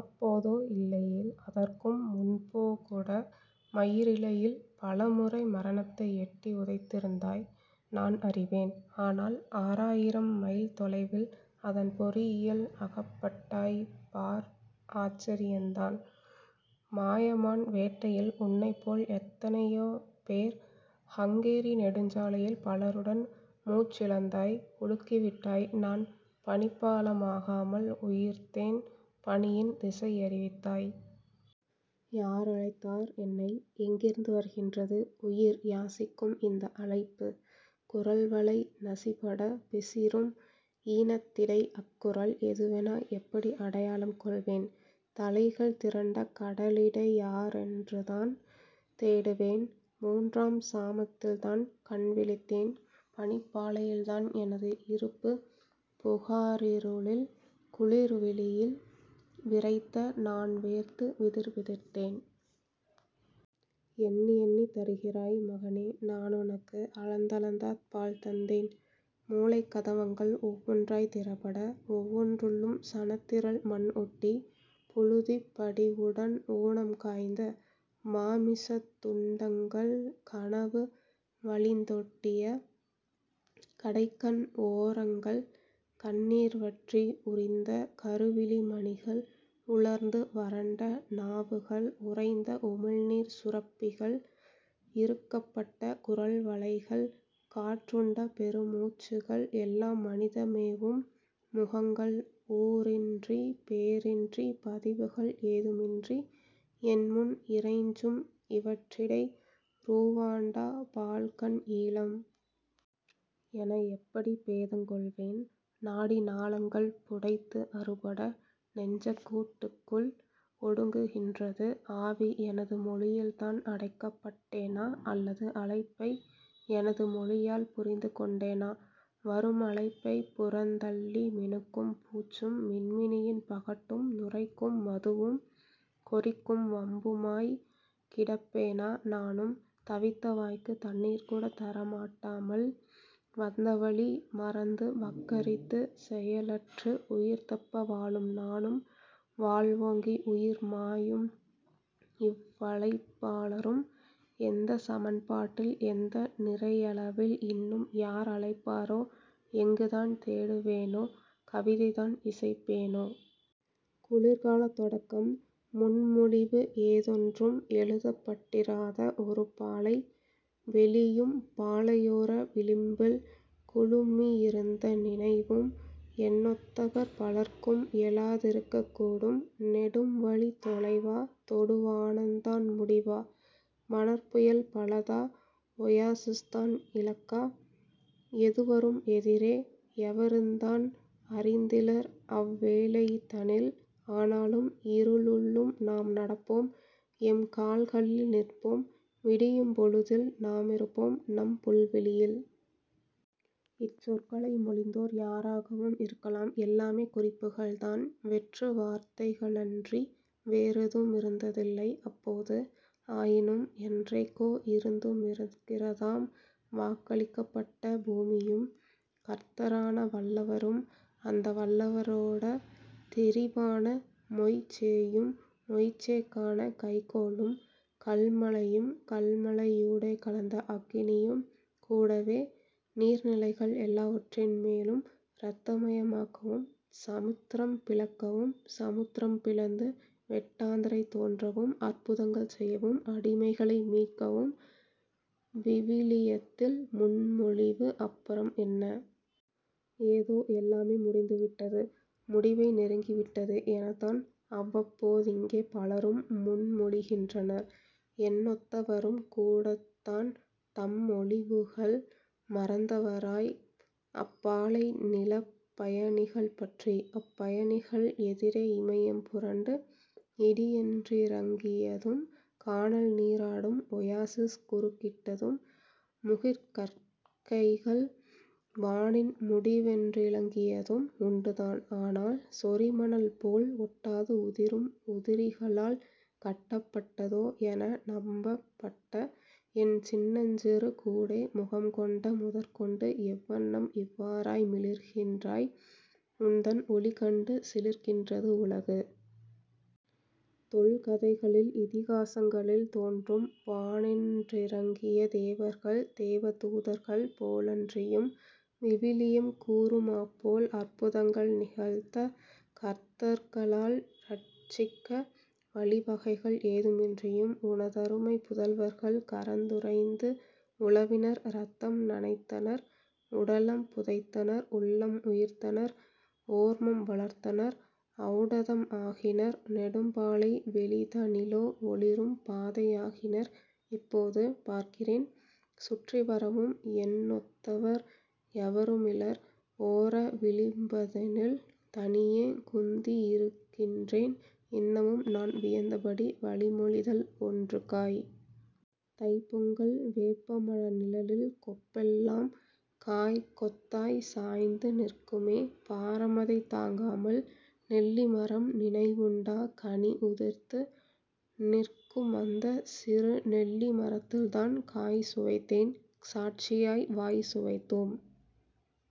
அப்போதோ இல்லையேல் அதற்கும் முன்போகூட மயிரிழையில் பலமுறை மரணத்தை எட்டி உதைத்திருந்தாய் நான் அறிவேன். ஆனால் ஆறாயிரம் மைல் தொலைவில் அதன் பொறியில் அகப்பட்டாய் பார் ஆச்சரியந்தான். மாயமான் வேட்டையில் உன்னைப்போல் எத்தனையோபேர் ஹங்கேரி நெடுஞ்சாலையில் பலருடன் மூச்சிழந்தாய் உலுக்கிவிட்டாய் நான் பனிப்பாளமாகாமல் உயிர்த்தேன் பணியின் திசையறிவித்தாய். யாரழைத்தார் என்னை? எங்கிருந்து வருகின்றது உயிர்யாசிக்கும் இந்த அழைப்பு குரல்வளை நசிபட பிசிறும் ஈனத்திடை அக்குரல் எதுவென எப்படி அடையாளம் கொள்வேன் தலைகள் திரண்ட கடலிடை யாரென்றுதான் தேடுவேன் மூன்றாம் சாமத்தில்தான் கண்விழித்தேன் பனிப்பாலையில்தான் எனது இருப்பு புகாரிருளில் குளிர்வெளியில் விறைத்த நான் வேர்த்து விதிர்விதிர்த்தேன் எண்ணியெண்ணி தருகிறாய் மகனே நானுனக்கு அளந்தளந்தா பால் தந்தேன் மூளைக்கதவங்கள் ஒவ்வொன்றாய் திறபட ஒவ்வொன்றுள்ளும் சனத்திரள் மண்ஒட்டி புழுதிப்படிவுடன் ஊனம் காய்ந்த மாமிசத்துண்டங்கள் கனவு வழிந்தொட்டிய கடைக்கண் ஓரங்கள் கண்ணீர்வற்றி உரிந்த கருவிழி மணிகள் உலர்ந்து வரண்ட நாவுகள் உறைந்த உமிழ்நீர் சுரப்பிகள் இறுக்கப்பட்ட குரல்வளைகள் காற்றுண்ட பெருமூச்சுகள் எல்லாம் மனிதம் மேவும் முகங்கள் ஊரின்றி பேரின்றி பதிவுகள் ஏதுமின்றி என்முன் இறைஞ்சும் இவற்றிடை ரூவாண்டா பால்கன் ஈழம்... என எப்படிப் பேதங் கொள்வேன். நாடி நாளங்கள் புடைத்து அறுபட நெஞ்சக்கூட்டுக்குள் ஒடுங்குகின்றது ஆவி எனது மொழியில்தான் அழைக்கப்பட்டேனா? அல்லது அழைப்பை எனது மொழியால் புரிந்துகொண்டேனா? வருமழைப்பைப் புறந்தள்ளி மினுக்கும் பூச்சும் மின்மினியின் பகட்டும் நுரைக்கும் மதுவும் கொறிக்கும் வம்புமாய் கிடப்பேனா நானும். தவித்த வாய்க்கு தண்ணீர்கூட தரமாட்டாமல் வந்தவழி மறந்து வக்கரித்து செயலற்று உயிர்தப்ப வாழும் நானும் வாழ்வோங்கி உயிர்மாயும் இவ்வழைப்பாளரும் எந்தச் சமன்பாட்டில் எந்த நிறையளவில் இன்னும் யார் அழைப்பாரோ எங்குந்தான் தேடுவேனோ கவிதைதான் இசைப்பேனோ...? குளிர்காலத் தொடக்கம் முன்மொழிவு ஏதொன்றும் எழுதப்பட்டிராத ஒருபாலை வெளியும் பாலையோர விளிம்பில் குழுமியிருந்த நினைவும் என்னொத்தவர் பலர்க்கும் எழாதிருக்கக் கூடும்! நெடும்வழித் தொலைவா? தொடுவானந்தான் முடிவா? மணற்புயல் பலதா? ஒயாசிஸ்தான் இலக்கா? எதுவரும் எதிரே...? எவருந்தான் அறிந்திலர் அவ்வேளைதனில்; ஆனாலும் இருளுள்ளும் நாம் நடப்போம் எம்கால்களில் நிற்போம் விடியும்பொழுதில் நாமிருப்போம் நம் புல்வெளியில்... இச்சொற்களை மொழிந்தோர் யாராகவும் இருக்கலாம் எல்லாமே குறிப்புகள்தான் வெற்று வார்த்தைகளன்றி வேறெதுமிருந்ததில்லை அப்போது. ஆயினும் என்றைக்கோ இருந்துமிருக்கிறதாம் வாக்களிக்கப்பட்ட பூமியும் கர்த்தரான வல்லவரும் அந்த வல்லவரோட தெரிவான மொய்சேயும் மொய்சேக்கான கைக்கோலும் கல்மழையும் கல்மழையூடே கலந்த அக்கினியும் கூடவே நீர்நிலைகள் எல்லாவற்றின் மேலும் இரத்தமயமாக்கவும் சமுத்திரம் பிளக்கவும் சமுத்திரம் பிளந்து வெட்டாந்தரை தோன்றவும் அற்புதங்கள் செய்யவும் அடிமைகளை மீட்கவும் விவிலியத்தில் முன்மொழிவு அப்புறம் என்ன...? இதோ எல்லாமே முடிந்து விட்டது முடிவை நெருங்கிவிட்டது எனத்தான் அவ்வப்போதிங்கே பலரும் முன்மொழிகின்றனர் என்னொத்தவரும் கூடத்தான் தம்மொழிவுகள் மறந்தவராய் அப்பாலை நிலப்பயணிகள் பற்றி... அப்பயணிகள் எதிரே இமயம் புரண்டு இடியென்றிறங்கியதும் கானல் நீராடும் ஒயாசிஸ் குறுக்கிட்டதும் முகிற்கற்றைகள் வானின் முடிவென்றிலங்கியதும் உண்டுதான் ஆனால்... சொரிமணல் போல் ஒட்டாது உதிரும் உதிரிகளால் கட்டப்பட்டதோ என நம்பப்பட்ட என் சின்னஞ்சிறு கூடே முகம் கொண்ட முதற்கொண்டு எவ்வண்ணம் இவ்வாறாய் மிளிர்கின்றாய் உந்தன் ஒளிகண்டு சிலிரிக்கின்றது உலகு. தொல்கதைகளில் இதிகாசங்களில் தோன்றும் வானின்றிறங்கிய தேவர்கள் தேவதூதர்கள் போலன்றியும் விவிலியம் கூறுமாப்போல் அற்புதங்கள் நிகழ்த்த கர்த்தர்களால் இரட்சிக்க வழிவகைகள் ஏதுமின்றியும் உனதருமைப் புதல்வர்கள் கரந்துறைந்து உலவினர் இரத்தம் நனைத்தனர் உடலம் புதைத்தனர் உள்ளம் உயிர்த்தனர் ஓர்மம் வளர்த்தனர் ஓளடதம் ஆகினர் நெடும்பாலை வெளிதனிலோ ஒளிரும் பாதையாகினர் இப்போது பார்க்கிறேன் சுற்றிவரவும் என்னொத்தவர் எவருமிலர் ஓர விளிம்பதனில் தனியே குந்தியிருக்கின்றேன் இன்னமும் நான் வியந்தபடி வழிமொழிதல் ஒன்றுக்காய்..! தைப்பொங்கல், வேப்பமர நிழலில் கொப்பெல்லாம் காய்க்கொத்தாய் சாய்ந்து நிற்குமே பாரமதைத் தாங்காமல் நெல்லி மரம் நினைவுண்டா? கனி உதிர்த்து நிற்குமந்த சிறு நெல்லி மரத்தில்தான் காய் சுவைத்தோம். சாட்சியமாய் வாய் சுவைத்தோம்.